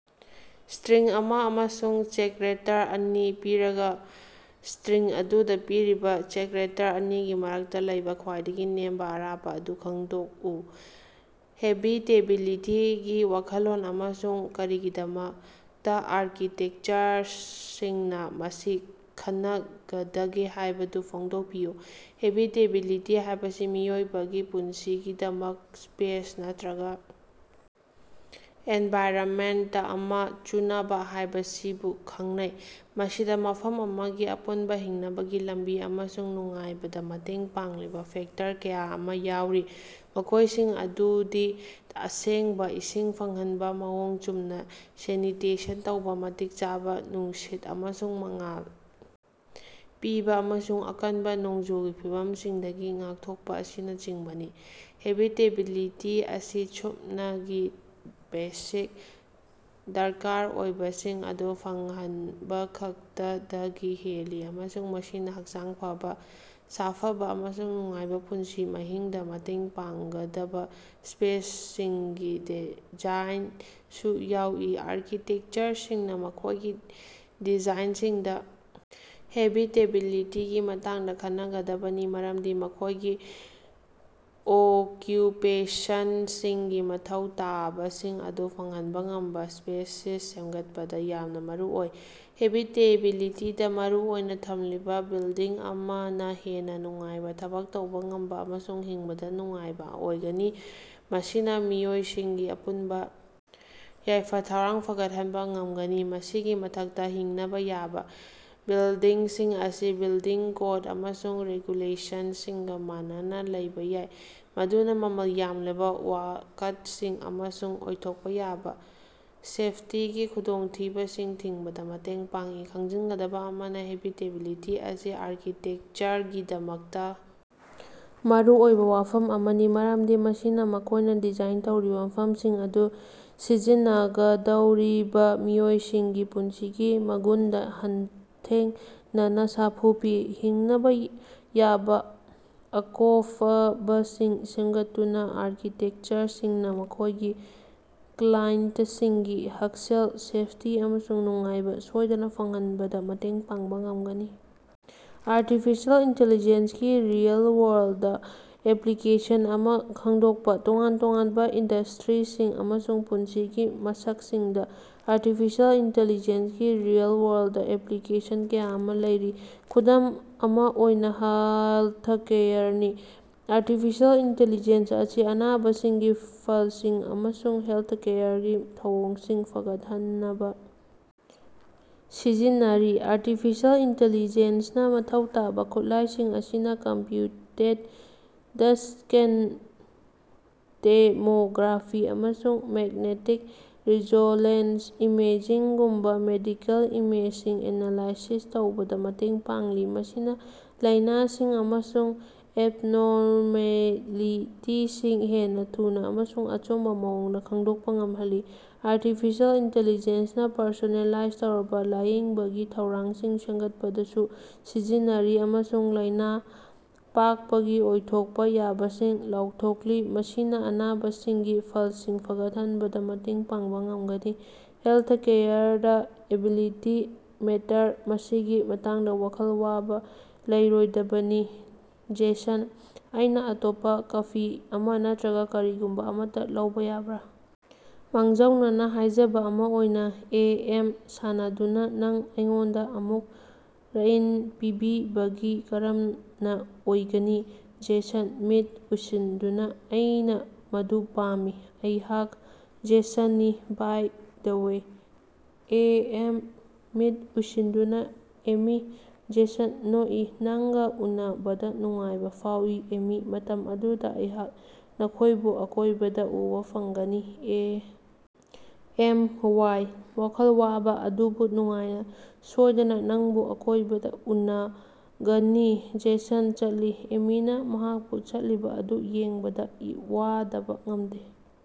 String ꯑꯃ ꯑꯃꯁꯨꯡ character ꯑꯅꯤ ꯄꯤꯔꯒ, ꯁ꯭ꯇꯔꯤꯡ ꯑꯗꯨꯗ ꯄꯤꯔꯤꯕ ꯆꯦꯛꯔꯦꯇꯔ ꯑꯅꯤꯒꯤ ꯃꯔꯛꯇ ꯂꯩꯕ ꯈ꯭ꯋꯥꯏꯗꯒꯤ ꯅꯦꯝꯕ ꯑꯔꯥꯞꯄ ꯑꯗꯨ ꯈꯪꯗꯣꯛꯎ꯫ "ꯍꯦꯕꯤꯇꯦꯕꯤꯂꯤꯇꯤ"ꯒꯤ ꯋꯥꯈꯜꯂꯣꯟ ꯑꯃꯁꯨꯡ ꯀꯔꯤꯒꯤꯗꯃꯛꯇ ꯑꯥꯔꯀꯤꯇꯦꯛꯆꯔꯁꯤꯡꯅ ꯃꯁꯤ ꯈꯟꯅꯒꯗꯒꯦ ꯍꯥꯏꯕꯗꯨ ꯐꯣꯡꯗꯣꯛꯄꯤꯌꯨ꯫ ꯍꯦꯕꯤꯇꯦꯕꯤꯂꯤꯇꯤ ꯍꯥꯏꯕꯁꯤ ꯃꯤꯑꯣꯏꯕꯒꯤ ꯄꯨꯟꯁꯤꯒꯤꯗꯃꯛꯇ ꯁ꯭ꯄꯦꯁ ꯅꯠꯇ꯭ꯔꯒ ꯑꯦꯟꯚꯥꯏꯔꯟꯃꯦꯟꯇ ꯑꯃ ꯆꯨꯅꯕ ꯍꯥꯏꯕꯁꯤꯕꯨ ꯈꯪꯅꯩ꯫ ꯃꯁꯤꯗ ꯃꯐꯝ ꯑꯃꯒꯤ ꯑꯄꯨꯟꯕ ꯍꯤꯡꯅꯕꯒꯤ ꯂꯝꯕꯤ ꯑꯃꯁꯨꯡ ꯅꯨꯡꯉꯥꯏꯕꯗ ꯃꯇꯦꯡ ꯄꯥꯡꯂꯤꯕ ꯐꯦꯛꯇꯔ ꯀꯌꯥ ꯑꯃ ꯌꯥꯎꯔꯤ, ꯃꯈꯣꯏꯁꯤꯡ ꯑꯗꯨꯗꯤ ꯑꯁꯦꯡꯕ ꯏꯁꯤꯡ ꯐꯪꯍꯟꯕ, ꯃꯑꯣꯡ ꯆꯨꯝꯅ ꯁꯦꯅꯤꯇꯦꯁꯟ ꯇꯧꯕ, ꯃꯇꯤꯛ ꯆꯥꯕ ꯅꯨꯡꯁꯤꯠ ꯑꯃꯁꯨꯡ ꯃꯉꯥꯜ ꯄꯤꯕ, ꯑꯃꯁꯨꯡ ꯑꯀꯟꯕ ꯅꯣꯡꯖꯨꯒꯤ ꯐꯤꯕꯝꯁꯤꯡꯗꯒꯤ ꯉꯥꯛꯊꯣꯛꯄ ꯑꯁꯤꯅꯆꯤꯡꯕꯅꯤ꯫ ꯍꯦꯕꯤꯇꯦꯕꯤꯂꯤꯇꯤ ꯑꯁꯤ ꯁꯨꯞꯅꯒꯤ ꯕꯦꯁꯤꯛ ꯗꯔꯀꯥꯔ ꯑꯣꯏꯕꯁꯤꯡ ꯑꯗꯨ ꯐꯪꯍꯟꯕꯈꯛꯇꯗꯒꯤ ꯍꯦꯜꯂꯤ ꯑꯃꯁꯨꯡ ꯃꯁꯤꯅ ꯍꯛꯆꯥꯡ ꯐꯕ, ꯁꯥꯐꯕ ꯑꯃꯁꯨꯡ ꯅꯨꯡꯉꯥꯏꯕ ꯄꯨꯟꯁꯤ ꯃꯍꯤꯡꯗ ꯃꯇꯦꯡ ꯄꯥꯡꯒꯗꯕ ꯁ꯭ꯄꯦꯁꯁꯤꯡꯒꯤ ꯗꯤꯖꯥꯏꯟꯁꯨ ꯌꯥꯎꯏ꯫ ꯑꯥꯔꯀꯤꯇꯦꯛꯆꯔꯁꯤꯡꯅ ꯃꯈꯣꯏꯒꯤ ꯗꯤꯖꯥꯏꯟꯁꯤꯡꯗ ꯍꯦꯕꯤꯇꯦꯕꯤꯂꯤꯇꯤꯒꯤ ꯃꯇꯥꯡꯗ ꯈꯟꯅꯒꯗꯕꯅꯤ ꯃꯔꯝꯗꯤ ꯃꯈꯣꯏꯒꯤ ꯑꯣꯀ꯭ꯌꯨꯄꯦꯁꯟꯇꯁꯤꯡꯒꯤ ꯃꯊꯧ ꯇꯥꯕꯁꯤꯡ ꯑꯗꯨ ꯐꯪꯍꯟꯕ ꯉꯝꯕ ꯁ꯭ꯄꯦꯁꯁꯤꯡ ꯁꯦꯝꯒꯠꯄꯗ ꯌꯥꯝꯅ ꯃꯔꯨꯑꯣꯏ꯫ ꯍꯦꯕꯤꯇꯦꯕꯤꯂꯤꯇꯤꯗ ꯃꯔꯨ ꯑꯣꯏꯅ ꯊꯝꯂꯤꯕ ꯕꯤꯜꯗꯤꯡ ꯑꯃꯅ ꯍꯦꯟꯅ ꯅꯨꯡꯉꯥꯏꯕ, ꯊꯕꯛ ꯇꯧꯕ ꯉꯝꯕ ꯑꯃꯁꯨꯡ ꯍꯤꯡꯕꯗ ꯅꯨꯡꯉꯥꯏꯕ ꯑꯣꯏꯒꯅꯤ, ꯃꯁꯤꯅ ꯃꯤꯑꯣꯏꯁꯤꯡꯒꯤ ꯑꯄꯨꯟꯕ ꯌꯥꯏꯐ-ꯊꯧꯔꯥꯡ ꯐꯒꯠꯍꯟꯕ ꯉꯝꯒꯅꯤ꯫ ꯃꯁꯤꯒꯤ ꯃꯊꯛꯇ ꯍꯤꯡꯅꯕ ꯌꯥꯕ ꯕꯤꯜꯗꯤꯡꯁꯤꯡ ꯑꯁꯤ ꯕꯤꯜꯗꯤꯡ ꯀꯣꯗ ꯑꯃꯁꯨꯡ ꯔꯦꯒꯨꯂꯦꯁꯟꯁꯤꯡꯒ ꯃꯥꯟꯅꯅ ꯂꯩꯕ ꯌꯥꯏ, ꯃꯗꯨꯅ ꯃꯃꯜ ꯌꯥꯝꯂꯕ ꯋꯥꯀꯠꯁꯤꯡ ꯑꯃꯁꯨꯡ ꯑꯣꯏꯊꯣꯛꯄ ꯌꯥꯕ ꯁꯦꯐꯇꯤꯒꯤ ꯈꯨꯗꯣꯡꯊꯤꯕꯁꯤꯡ ꯊꯤꯡꯕꯗ ꯃꯇꯦꯡ ꯄꯥꯡꯏ꯫ ꯈꯪꯖꯤꯟꯒꯗꯕ ꯑꯃꯅ, ꯍꯦꯕꯤꯇꯦꯕꯤꯂꯤꯇꯤ ꯑꯁꯤ ꯑꯥꯔꯀꯤꯇꯦꯛꯆꯔꯒꯤꯗꯃꯛꯇ ꯃꯔꯨꯑꯣꯏꯕ ꯋꯥꯐꯝ ꯑꯃꯅꯤ ꯃꯔꯝꯗꯤ ꯃꯁꯤꯅ ꯃꯈꯣꯏꯅ ꯗꯤꯖꯥꯏꯟ ꯇꯧꯔꯤꯕ ꯃꯐꯝꯁꯤꯡ ꯑꯗꯨ ꯁꯤꯖꯤꯟꯅꯒꯗꯧꯔꯤꯕ ꯃꯤꯑꯣꯏꯁꯤꯡꯒꯤ ꯄꯨꯟꯁꯤꯒꯤ ꯃꯒꯨꯟꯗ ꯍꯛꯊꯦꯡꯅꯅ ꯁꯥꯐꯨ ꯄꯤ꯫ ꯍꯤꯡꯅꯕ ꯌꯥꯕ ꯑꯀꯣꯐꯕꯁꯤꯡ ꯁꯦꯝꯒꯠꯇꯨꯅ ꯑꯥꯔꯀꯤꯇꯦꯛꯆꯔꯁꯤꯡꯅ ꯃꯈꯣꯏꯒꯤ ꯀ꯭ꯂꯥꯏꯟꯇꯁꯤꯡꯒꯤ ꯍꯛꯁꯦꯜ, ꯁꯦꯐꯇꯤ ꯑꯃꯁꯨꯡ ꯅꯨꯡꯉꯥꯏꯕ ꯁꯣꯏꯗꯅ ꯐꯪꯍꯟꯕꯗ ꯃꯇꯦꯡ ꯄꯥꯡꯕ ꯉꯝꯒꯅꯤ꯫ ꯑꯥꯔꯇꯤꯐꯤꯁꯤꯑꯦꯜ ꯏꯟꯇꯦꯂꯤꯖꯦꯟꯁ ꯀꯤ ꯔꯤꯑꯦꯜ-ꯋꯥꯔꯜꯗ ꯑꯦꯄ꯭ꯂꯤꯀꯦꯁꯟ ꯑꯃ ꯈꯪꯗꯣꯛꯄ꯫ ꯇꯣꯉꯥꯟ-ꯇꯣꯉꯥꯟꯕ ꯏꯟꯗꯁꯇ꯭ꯔꯤꯁꯤꯡ ꯑꯃꯁꯨꯡ ꯄꯨꯟꯁꯤꯒꯤ ꯃꯁꯛꯁꯤꯡꯗ ꯑꯥꯔꯇꯤꯐꯤꯁꯤꯑꯦꯜ ꯏꯟꯇꯦꯂꯤꯖꯦꯟꯁ ꯒꯤ ꯔꯤꯑꯦꯜ-ꯋꯥꯔꯜꯗ ꯑꯦꯄ꯭ꯂꯤꯀꯦꯁꯟ ꯀꯌꯥ ꯑꯃ ꯂꯩꯔꯤ꯫ ꯈꯨꯗꯝ ꯑꯃ ꯑꯣꯏꯅ ꯍꯦꯜꯊꯀꯦꯌꯔꯅꯤ: ꯑꯥꯔꯇꯤꯐꯤꯁꯤꯑꯦꯜ ꯏꯟꯇꯤꯂꯤꯖꯦꯟꯁ ꯑꯁꯤ ꯑꯅꯥꯕꯁꯤꯡꯒꯤ ꯐꯜꯁꯤꯡ ꯑꯃꯁꯨꯡ ꯍꯦꯜꯊꯀꯦꯌꯔꯒꯤ ꯊꯧꯑꯣꯡꯁꯤꯡ ꯐꯒꯠꯍꯟꯅꯕ ꯁꯤꯖꯤꯟꯅꯔꯤ꯫ ꯑꯥꯔꯇꯤꯐꯤꯁꯤꯑꯦꯜ ꯏꯟꯇꯦꯂꯤꯖꯦꯟꯁꯅ ꯃꯊꯧ ꯇꯧꯕ ꯈꯨꯠꯂꯥꯏꯁꯤꯡ ꯑꯁꯤꯅ ꯀꯝꯄ꯭ꯌꯨꯇꯦꯗꯁ꯭ꯀꯦꯟ ꯇꯦꯃꯣꯒ꯭ꯔꯥꯐꯤ ꯑꯃꯁꯨꯡ ꯃꯦꯛꯅꯦꯇꯤꯛ ꯔꯤꯖꯣꯂꯦꯟꯁ ꯏꯃꯦꯓꯤꯡ ꯒꯨꯝꯕ ꯃꯦꯗꯤꯀꯦꯜ ꯏꯃꯦꯖꯁꯤꯡ ꯑꯦꯅꯂꯥꯏꯁꯤꯁ ꯇꯧꯕꯗ ꯃꯇꯦꯡ ꯄꯥꯡꯂꯤ, ꯃꯁꯤꯅ ꯂꯥꯏꯅꯥꯁꯤꯡ ꯑꯃꯁꯨꯡ ꯑꯦꯕꯅꯣꯔꯃꯦꯂꯤꯇꯤꯁꯤꯡ ꯍꯦꯟꯅ ꯊꯨꯅ ꯑꯃꯁꯨꯡ ꯑꯆꯨꯝꯕ ꯃꯑꯣꯡꯗ ꯈꯪꯗꯣꯛꯄ ꯉꯝꯍꯜꯂꯤ꯫ ꯑꯥꯔꯇꯤꯐꯤꯁ꯭ꯌꯜ ꯏꯟꯇꯦꯂꯤꯖꯦꯟꯁꯅ ꯄꯔꯁꯣꯅꯦꯂꯥꯏꯖ ꯇꯧꯔꯕ ꯂꯥꯌꯦꯡꯕꯒꯤ ꯊꯧꯔꯥꯡꯁꯤꯡ ꯁꯦꯝꯒꯠꯄꯗꯁꯨ ꯁꯤꯖꯤꯟꯅꯔꯤ ꯑꯃꯁꯨꯡ ꯂꯥꯏꯅꯥ ꯂꯥꯛꯄꯒꯤ ꯑꯣꯏꯊꯣꯛꯄ ꯌꯥꯕꯁꯤꯡ ꯂꯥꯎꯊꯣꯛꯂꯤ, ꯃꯁꯤꯅ ꯑꯅꯥꯕꯁꯤꯡꯒꯤ ꯐꯜꯁꯤꯡ ꯐꯒꯠꯍꯟꯕꯗ ꯃꯇꯦꯡ ꯄꯥꯡꯕ ꯉꯝꯒꯅꯤ꯫ ꯍꯦꯜꯊꯀꯦꯌꯔꯗ ꯑꯦꯕꯤꯂꯤꯇꯤ ꯃꯦꯇꯔ ꯃꯁꯤꯒꯤ ꯃꯇꯥꯡꯗ ꯋꯥꯈꯜ ꯋꯥꯕ ꯂꯩꯔꯣꯏꯗꯕꯅꯤ꯫ ꯖꯦꯁꯟ: ꯑꯩꯅ ꯑꯇꯣꯞꯄ ꯀꯐꯤ ꯑꯃ ꯅꯠꯇ꯭ꯔꯒ ꯀꯔꯤꯒꯨꯝꯕ ꯑꯃꯠꯇ ꯂꯧꯕ ꯌꯥꯕ꯭ꯔ? ꯃꯥꯡꯖꯧꯅꯅ ꯍꯥꯏꯖꯕ ꯑꯃ ꯑꯣꯏꯅ? ꯑꯦ. ꯑꯦꯝ.: (ꯁꯥꯟꯅꯗꯨꯅꯥ) ꯅꯪꯅ ꯑꯩꯉꯣꯟꯗ ꯑꯃꯨꯛ ꯔ꯭ꯏꯟ ꯄꯤꯕꯤꯕꯁꯤ ꯀꯔꯝꯅ ꯑꯣꯏꯒꯅꯤ? ꯖꯦꯁꯟ: (ꯃꯤꯠ ꯎꯏꯁꯤꯟꯗꯨꯅ) ꯑꯩꯅ ꯃꯗꯨ ꯄꯥꯝꯃꯤ꯫ ꯑꯩꯍꯥꯛ ꯖꯦꯁꯟꯅꯤ by the way. A. M.: (ꯃꯤꯠ ꯎꯏꯁꯤꯟꯗꯨꯅ) ꯑꯦꯃꯤ꯫ ꯖꯦꯁꯟ: (ꯅꯣꯛꯏ) ꯅꯪꯒ ꯎꯅꯕꯗ ꯅꯨꯡꯉꯥꯏꯕ ꯐꯥꯎꯏ, ꯑꯦꯃꯤ꯫ ꯃꯇꯝ ꯑꯗꯨꯗ ꯑꯩꯍꯥꯛ ꯅꯈꯣꯏꯕꯨ ꯑꯀꯣꯏꯕꯗ ꯎꯕ ꯐꯪꯒꯅꯤ꯫ ꯑꯦ. ꯑꯦꯝ. ꯋꯥꯏ.: (ꯋꯥꯈꯜ ꯋꯥꯕ ꯑꯗꯨꯕꯨ ꯅꯨꯡꯉꯥꯏꯅ) ꯁꯣꯏꯗꯅ, ꯅꯪꯕꯨ ꯑꯀꯣꯏꯕꯗ ꯎꯅꯒꯅꯤ꯫ ꯖꯦꯁꯟ ꯆꯠꯂꯤ, ꯑꯦꯃꯤꯅ ꯃꯍꯥꯛꯄꯨ ꯆꯠꯂꯤꯕ ꯑꯗꯨ ꯌꯦꯡꯕꯗ ꯋꯥꯗꯕ ꯉꯝꯗꯦ꯫